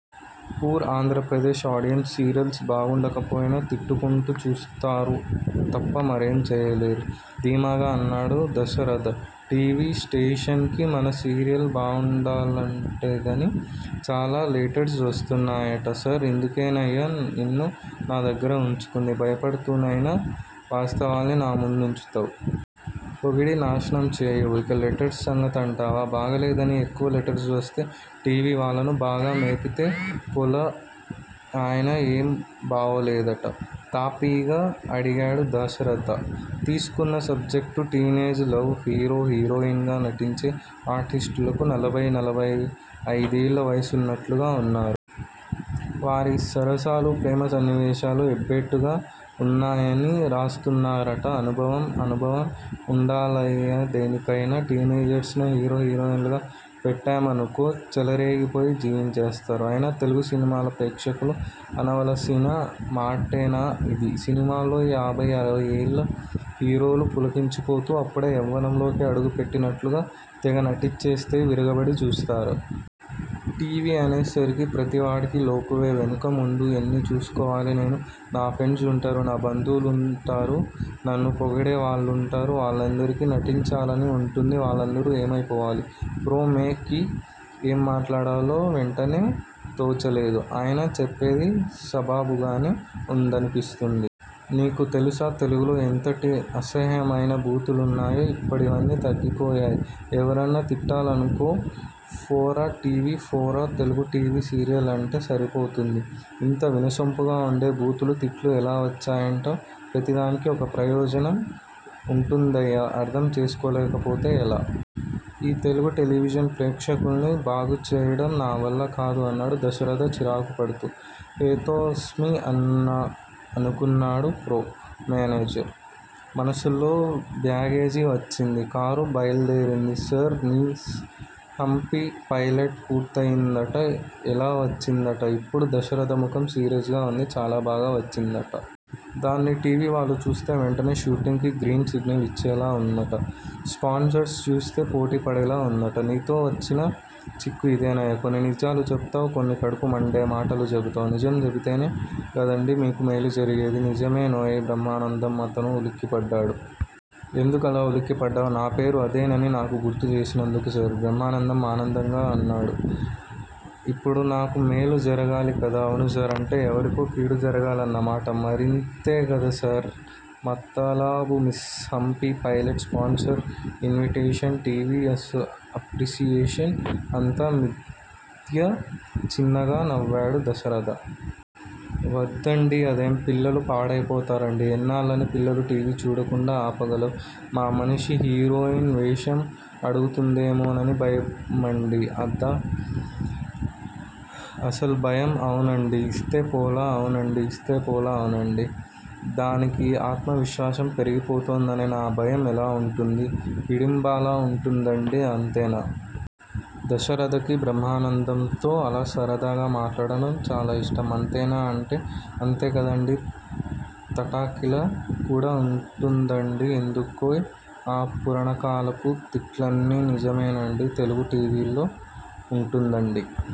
Poor Andhra Pradesh audience serials బాగుండకపోయినా తిట్టుకొంటూ చూస్తారు తప్ప మరేం చేయలేరు ' ధీమాగా అన్నాడు దశరథ. టి. వి. స్టేషన్ కి మన సీరియల్ బావుండాలంటేదని చాలా లేటర్స్ వస్తున్నాయట సార్ ఇందుకేనయ్య నిన్ను నా దగ్గరే ఉంచుకుంది. భయపడుతూనైనా వాస్తవాల్ని నా ముందుంచుతావు. పొగిడి నాశనం చేయవు. ఇక లెటర్స్ సంగతంటావా? బాగాలేదని ఎక్కువ లెటర్స్ వస్తే టీ. వీ. వాళ్ళను బాగా మేపితే పోలా? అయినా ఏం బావోలేదట? తాపీగా అడిగాడు దశరథ. తీసుకున్న subject teenage love. Hero, heroine గా నటించే ఆర్టిస్టులకు నలభై, నలభై ఐదేళ్ళ వయస్సున్నట్లుగా ఉన్నారు. వారి సరసాలు. ప్రేమ సన్నివేశాలు ఎబ్బెట్టుగా ఉన్నాయని రాస్తున్నారట అనుభవం అనుభవం ఉండాలయ్యదేనికైనా. టీనేజర్స్ నే హీరో, హీరోయిన్లుగా పెట్టమనుకో చెలరేగిపోయి జీవించేస్తారు. అయినా తెలుగు సినిమాల ప్రేక్షకులు అనవలసిన మాటేనా ఇది! సినిమాల్లో, యాభై అరవై ఏళ్ళ హీరోలు పులకించిపోతూ అప్పుడే యవ్వనంలోకి అడగుపెట్టినట్లుగా తెగ నటించేస్తే, విరగబడి చూస్తారు. టీ. వీ. అనే సరికి ప్రతివాడికీ లోకువే వెనుకా ముందు ఎన్ని చూసుకోవాలి నేను? నా ఫ్రెండ్స్ ఉంటారు-నా బంధువులుంటారు-నన్ను పొగిడే వాళ్ళుంటారు. వాళ్ళందరికీ నటించాలని ఉంటుంది. వాళ్ళందరూ ఏమైపోవాలి? ప్రో. మే. కి ఏం మాట్లాడాలో వెంటనే తోచలేదు. ఆయన చెప్పేది సబబుగానే ఉందనిపిస్తోంది. నీకు తెలుసా తెలుగులో ఎంతటి అసహ్యమైన బూతులున్నాయో? ఇప్పడవన్నీ తగ్గిపోయాయి. ఎవర్నన్నా తిట్టాలనుకో ఫోరా టి. వి. ఫోరా తెలుగుటీవీ సీరియల్ అంటే సరిపోతుంది. ఇంత వినసొంపుగా ఉండే బూతులు, తిట్లు ఎలా వచ్చాయంటావ్? ప్రతి దానికి ఒక ప్రయోజనం ఉంటుందయ్యా అర్థం చేసుకోలేకపోతే ఎలా? ఈ తెలుగు టెలివిజన్ ప్రేక్షకుల్ని బాగుచేయడం నావల్లకాదు అన్నాడు దశరథ చిరాకుపడుతూ. హేతోస్మి అనుకున్నాడు ప్రో. మేనేజర్ మనస్సులో. బ్యాగేజి వచ్చింది. కారు బయల్దేరింది. సార్ మిస్ హంపి పైలట్ పూర్తయిందట ఎలా వచ్చిందట? ఇప్పుడు దశరథ ముఖం సీరియస్ గా ఉంది. చాలా బాగా వచ్చిందట. దాన్ని టీవీ వాళ్ళు చూస్తే వెంటనే షూటింగ్ కి గ్రీన్ సిగ్నల్ ఇచ్చేలా ఉందట. స్పాన్సరర్స్ చూస్తే పోటీపడేలా ఉందట. నీతో వచ్చిన చిక్కు ఇదేనయ్యా కొన్ని నిజాలు చెబుతావు. కొన్ని కడుపు మండే మాటలు చెబుతావు నిజం చెబితేనే గదండి మీకు మేలు జరిగేది నిజమేనోయ్ బ్రహ్మానందం అతను ఉలిక్కిపడ్డాడు. ఎందుకలా ఉలిక్కిపడ్డావ్? నాపేరు అదేనని నాకు గుర్తుచేసినందుకు సార్ బ్రహ్మానందం ఆనందంగా అన్నాడు. ఇప్పుడు నాకు మేలు జరగాలి కదా? అవునుసార్ అంటే ఎవరికో కీడు జరగాలన్న మాట. మరేంతేగదాసర్ మతలబు miss Hampi pilot sponsor invitation TV appreciation అంతా మిధ్య చిన్నగా నవ్వాడు దశరథ. వద్దండి అదేం? పిల్లలు పాడైపోతారండి ఎన్నాళ్ళని పిల్లలు టీవీ చూడకుండా ఆపగలవ్? మా మనిషి హీరోయిన్ వేషం అడుగుతుందేమోనని భయమండి అదా అసలు భయం అవునండీ ఇస్తేపోలా? అవునండీ ఇస్తేపోలా? అవునండి. దానికి ఆత్మవిశ్వాసం పెరిగిపోతుందనే నా భయం ఎలా ఉంటుంది? హిడింబాలా ఉంటుందండి అంతేనా? దశరథకి బ్రహ్మానందంతో అలా సరదాగా మాట్లాడటం చాలా ఇష్టం. అంతేనా అంటే అంతేకాదండి తాటకిలా కూడా ఉంటుందండి ఎందుకోయ్ ఆ పురాణకాలపు తిట్లన్నీ? నిజమేనండి. తెలుగు టీవీలో ఉంటుందండి